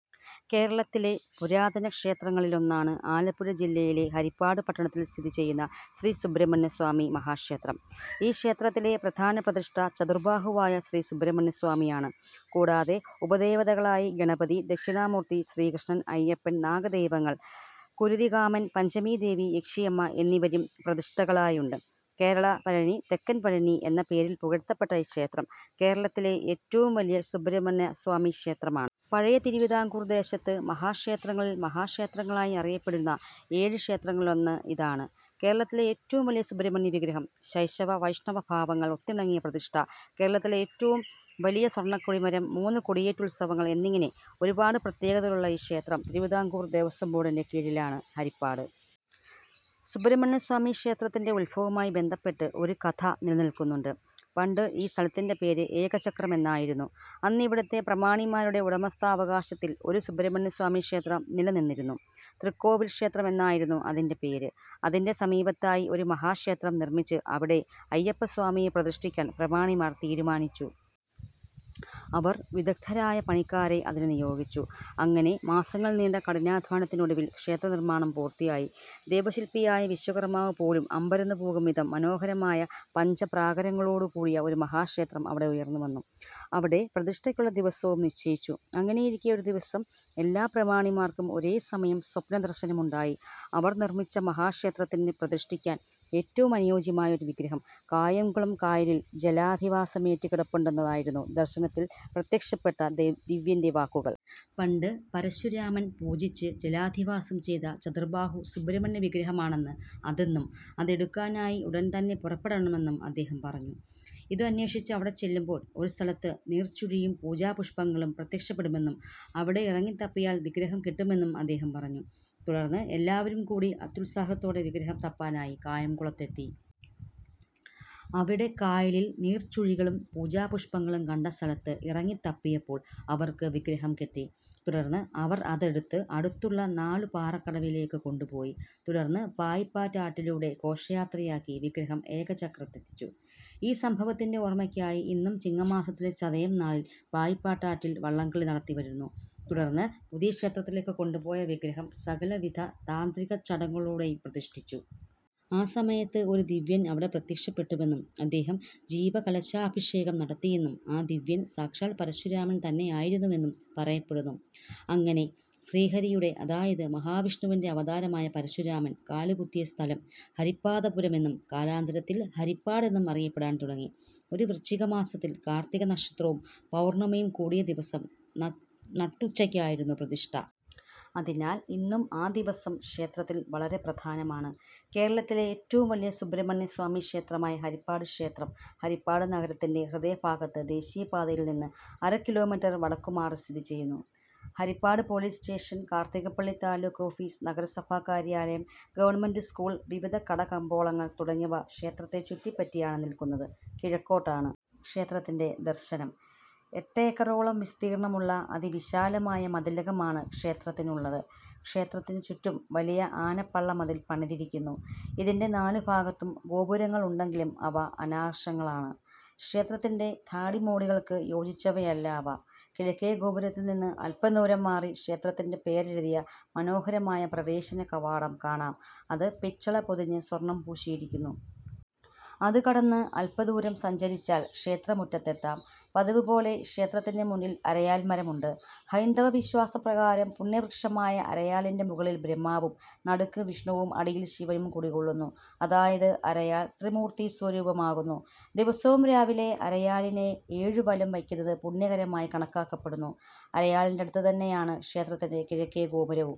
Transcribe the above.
കേരളത്തിലെ പുരാതന ക്ഷേത്രങ്ങളിലൊന്നാണ് ആലപ്പുഴ ജില്ലയിലെ ഹരിപ്പാട് പട്ടണത്തിൽ സ്ഥിതിചെയ്യുന്ന ശ്രീ സുബ്രഹ്മണ്യസ്വാമി മഹാക്ഷേത്രം. ഈ ക്ഷേത്രത്തിലെ പ്രധാന പ്രതിഷ്ഠ ചതുർബാഹുവായ ശ്രീ സുബ്രഹ്മണ്യസ്വാമിയാണ്. കൂടാതെ ഉപദേവതകളായി ഗണപതി, ദക്ഷിണാമൂർത്തി, ശ്രീകൃഷ്ണൻ, അയ്യപ്പൻ, നാഗദൈവങ്ങൾ, കുരുതികാമൻ, പഞ്ചമീദേവി, യക്ഷിയമ്മ എന്നിവരും പ്രതിഷ്ഠകളായുണ്ട്. കേരള പഴനി, തെക്കൻ പഴനി എന്ന പേരിൽ പുകഴ്ത്തപെട്ട ഈ ക്ഷേത്രം കേരളത്തിലെ ഏറ്റവും വലിയ സുബ്രഹ്മണ്യസ്വാമിക്ഷേത്രമാണ്. പഴയ തിരുവിതാംകൂർ ദേശത്ത് മഹാക്ഷേത്രങ്ങളിൽ മഹാക്ഷേത്രങ്ങളായി അറിയപ്പെട്ടിരുന്ന ഏഴ് ക്ഷേത്രങ്ങളിലൊന്ന് ഇതാണ്. കേരളത്തിലെ ഏറ്റവും വലിയ സുബ്രഹ്മണ്യവിഗ്രഹം, ശൈവ വൈഷ്ണവ ഭാവങ്ങൾ ഒത്തിണങ്ങിയ പ്രതിഷ്ഠ, കേരളത്തിലെ ഏറ്റവും വലിയ സ്വർണക്കൊടിമരം, മൂന്ന് കൊടിയേറ്റുത്സവങ്ങൾ എന്നിങ്ങനെ ഒരുപാട് പ്രത്യേകതകളുള്ള ഈ ക്ഷേത്രം തിരുവിതാംകൂർ ദേവസ്വം ബോർഡിൻ്റെ കീഴിലാണ്. ഹരിപ്പാട് സുബ്രഹ്മണ്യസ്വാമിക്ഷേത്രത്തിൻ്റെ ഉദ്ഭവവുമായി ബന്ധപ്പെട്ട് ഒരു കഥ നിലനിൽക്കുന്നുണ്ട്. പണ്ട് ഈ സ്ഥലത്തിൻ്റെ പേര് ഏകചക്രം എന്നായിരുന്നു. അന്നിവിടത്തെ പ്രമാണിമാരുടെ ഉടമസ്ഥാവകാശത്തിൽ ഒരു സുബ്രഹ്മണ്യസ്വാമിക്ഷേത്രം നിലനിന്നിരുന്നു. തൃക്കോവിൽ ക്ഷേത്രം എന്നായിരുന്നു അതിൻ്റെ പേര്. അതിൻ്റെ സമീപത്തായി ഒരു മഹാക്ഷേത്രം നിർമ്മിച്ച് അവിടെ അയ്യപ്പസ്വാമിയെ പ്രതിഷ്ഠിക്കാൻ പ്രമാണിമാർ തീരുമാനിച്ചു. അവർ വിദഗ്ധരായ പണിക്കാരെ അതിന് നിയോഗിച്ചു. അങ്ങനെ മാസങ്ങൾ നീണ്ട കഠിനാധ്വാനത്തിനൊടുവിൽ ക്ഷേത്രനിർമ്മാണം പൂർത്തിയായി. ദേവശില്പിയായ വിശ്വകർമാവ് പോലും അമ്പരന്നുപോകുംവിധം മനോഹരമായ, പഞ്ചപ്രാകാരങ്ങളോടുകൂടിയ ഒരു മഹാക്ഷേത്രം അവിടെ ഉയർന്നുവന്നു. അവിടെ പ്രതിഷ്ഠയ്ക്കുള്ള ദിവസവും നിശ്ചയിച്ചു. അങ്ങനെയിരിക്കെ ഒരുദിവസം എല്ലാ പ്രമാണിമാർക്കും ഒരേ സമയം സ്വപ്നദർശനമുണ്ടായി. അവർ നിർമ്മിച്ച മഹാക്ഷേത്രത്തിൽ പ്രതിഷ്ഠിക്കാൻ ഏറ്റവും അനുയോജ്യമായ ഒരു വിഗ്രഹം കായംകുളം കായലിൽ ജലാധിവാസമേറ്റുകിടപ്പുണ്ടെന്നതായിരുന്നു ദർശനത്തിൽ പ്രത്യക്ഷപ്പെട്ട ദി ദിവ്യൻ്റെ വാക്കുകൾ. പണ്ട് പരശുരാമൻ പൂജിച്ച് ജലാധിവാസം ചെയ്ത ചതുർബാഹു സുബ്രഹ്മണ്യവിഗ്രഹമാണെന്ന് അതെന്നും അത് എടുക്കാനായി ഉടൻതന്നെ പുറപ്പെടണമെന്നും അദ്ദേഹം പറഞ്ഞു. ഇത് അന്വേഷിച്ച് അവിടെച്ചെല്ലുമ്പോൾ ഒരുസ്ഥലത്ത് നീർച്ചുഴിയും പൂജാപുഷ്പങ്ങളും പ്രത്യക്ഷപ്പെടുമെന്നും അവിടെ ഇറങ്ങിത്തപ്പിയാൽ വിഗ്രഹം കിട്ടുമെന്നും അദ്ദേഹം പറഞ്ഞു. തുടർന്ന് എല്ലാവരും കൂടി അത്യുത്സാഹത്തോടെ വിഗ്രഹം തപ്പാനായി കായംകുളത്തെത്തി. അവിടെ കായലിൽ നീർച്ചുഴികളും പൂജാപുഷ്പങ്ങളും കണ്ട സ്ഥലത്ത് ഇറങ്ങിത്തപ്പിയപ്പോൾ അവർക്ക് വിഗ്രഹം കിട്ടി. തുടർന്ന് അവർ അതെടുത്ത് അടുത്തുള്ള നാലുപാറക്കടവിലേയ്ക്ക് കൊണ്ടുപോയി. തുടർന്ന് പായിപ്പാട്ടാറ്റിലൂടെ ഘോഷയാത്രയായി വിഗ്രഹം ഏകചക്രത്തെത്തിച്ചു. ഈ സംഭവത്തിൻ്റെ ഓർമയ്ക്കായി ഇന്നും ചിങ്ങമാസത്തിലെ ചതയം നാളിൽ പായിപ്പാട്ടാറ്റിൽ വള്ളംകളി നടത്തിവരുന്നു. തുടർന്ന് പുതിയ ക്ഷേത്രത്തിലേക്ക് കൊണ്ടുപോയ വിഗ്രഹം സകലവിധ താന്ത്രികച്ചടങ്ങുകളോടെയും പ്രതിഷ്ഠിച്ചു. ആ സമയത്ത് ഒരു ദിവ്യൻ അവിടെ പ്രത്യക്ഷപ്പെട്ടുവെന്നും അദ്ദേഹം ജീവകലശാഭിഷേകം നടത്തിയെന്നും ആ ദിവ്യൻ സാക്ഷാൽ പരശുരാമൻ തന്നെയായിരുന്നുവെന്നും പറയപ്പെടുന്നു. അങ്ങനെ ശ്രീഹരിയുടെ, അതായത് മഹാവിഷ്ണുവിൻ്റെ അവതാരമായ പരശുരാമൻ കാലുകുത്തിയ സ്ഥലം ഹരിപ്പാദപുരം എന്നും കാലാന്തരത്തിൽ ഹരിപ്പാട് എന്നും അറിയപ്പെടാൻ തുടങ്ങി. ഒരു വൃശ്ചികമാസത്തിൽ കാർത്തിക നക്ഷത്രവും പൗർണമിയും കൂടിയ ദിവസം ന നട്ടുച്ചയ്ക്കായിരുന്നു പ്രതിഷ്ഠ. അതിനാൽ ഇന്നും ആ ദിവസം ക്ഷേത്രത്തിൽ വളരെ പ്രധാനമാണ്. കേരളത്തിലെ ഏറ്റവും വലിയ സുബ്രഹ്മണ്യസ്വാമിക്ഷേത്രമായ ഹരിപ്പാട് ക്ഷേത്രം ഹരിപ്പാട് നഗരത്തിൻ്റെ ഹൃദയഭാഗത്ത് ദേശീയപാതയിൽ നിന്ന് അര കിലോമീറ്റർ വടക്കുമാറി സ്ഥിതിചെയ്യുന്നു. Haripad police station, Karthikappally taluk office, നഗരസഭാ കാര്യാലയം, ഗവ. സ്കൂൾ, വിവിധ കടകമ്പോളങ്ങൾ തുടങ്ങിയവ ക്ഷേത്രത്തെ ചുറ്റിപ്പറ്റിയാണ് നിൽക്കുന്നത്. കിഴക്കോട്ടാണ് ക്ഷേത്രത്തിൻ്റെ ദർശനം. എട്ടേക്കറോളം വിസ്തീർണമുള്ള അതിവിശാലമായ മതിലകമാണ് ക്ഷേത്രത്തിനുള്ളത്. ക്ഷേത്രത്തിനുചുറ്റും വലിയ ആനപ്പള്ളമതിൽ പണിതിരിക്കുന്നു. ഇതിൻ്റെ നാലുഭാഗത്തും ഗോപുരങ്ങളുണ്ടെങ്കിലും അവ അനാകർഷകങ്ങളാണ്. ക്ഷേത്രത്തിൻ്റെ ധാടിമോടികൾക്ക് യോജിച്ചവയല്ല അവ. കിഴക്കേ ഗോപുരത്തിൽ നിന്ന് അല്പദൂരം മാറി ക്ഷേത്രത്തിൻ്റെ പേരെഴുതിയ മനോഹരമായ പ്രവേശനകവാടം കാണാം. അത് പിച്ചള പൊതിഞ്ഞ് സ്വർണം പൂശിയിരിക്കുന്നു. അത് കടന്ന് അല്പദൂരം സഞ്ചരിച്ചാൽ ക്ഷേത്രമുറ്റത്തെത്താം. പതിവുപോലെ ക്ഷേത്രത്തിൻ്റെ മുന്നിൽ അരയാൽമരമുണ്ട്. ഹൈന്ദവവിശ്വാസപ്രകാരം പുണ്യവൃക്ഷമായ അരയാലിൻ്റെ മുകളിൽ ബ്രഹ്മാവും നടുക്ക് വിഷ്ണുവും അടിയിൽ ശിവനും കുടികൊള്ളുന്നു. അതായത് അരയാൽ ത്രിമൂർത്തീസ്വരൂപമാകുന്നു. ദിവസവും രാവിലെ അരയാലിനെ ഏഴുവലം വയ്ക്കുന്നത് പുണ്യകരമായി കണക്കാക്കപ്പെടുന്നു. അരയാലിന്റെ അടുത്തുതന്നെയാണ് ക്ഷേത്രത്തിൻ്റെ കിഴക്കേ ഗോപുരവും.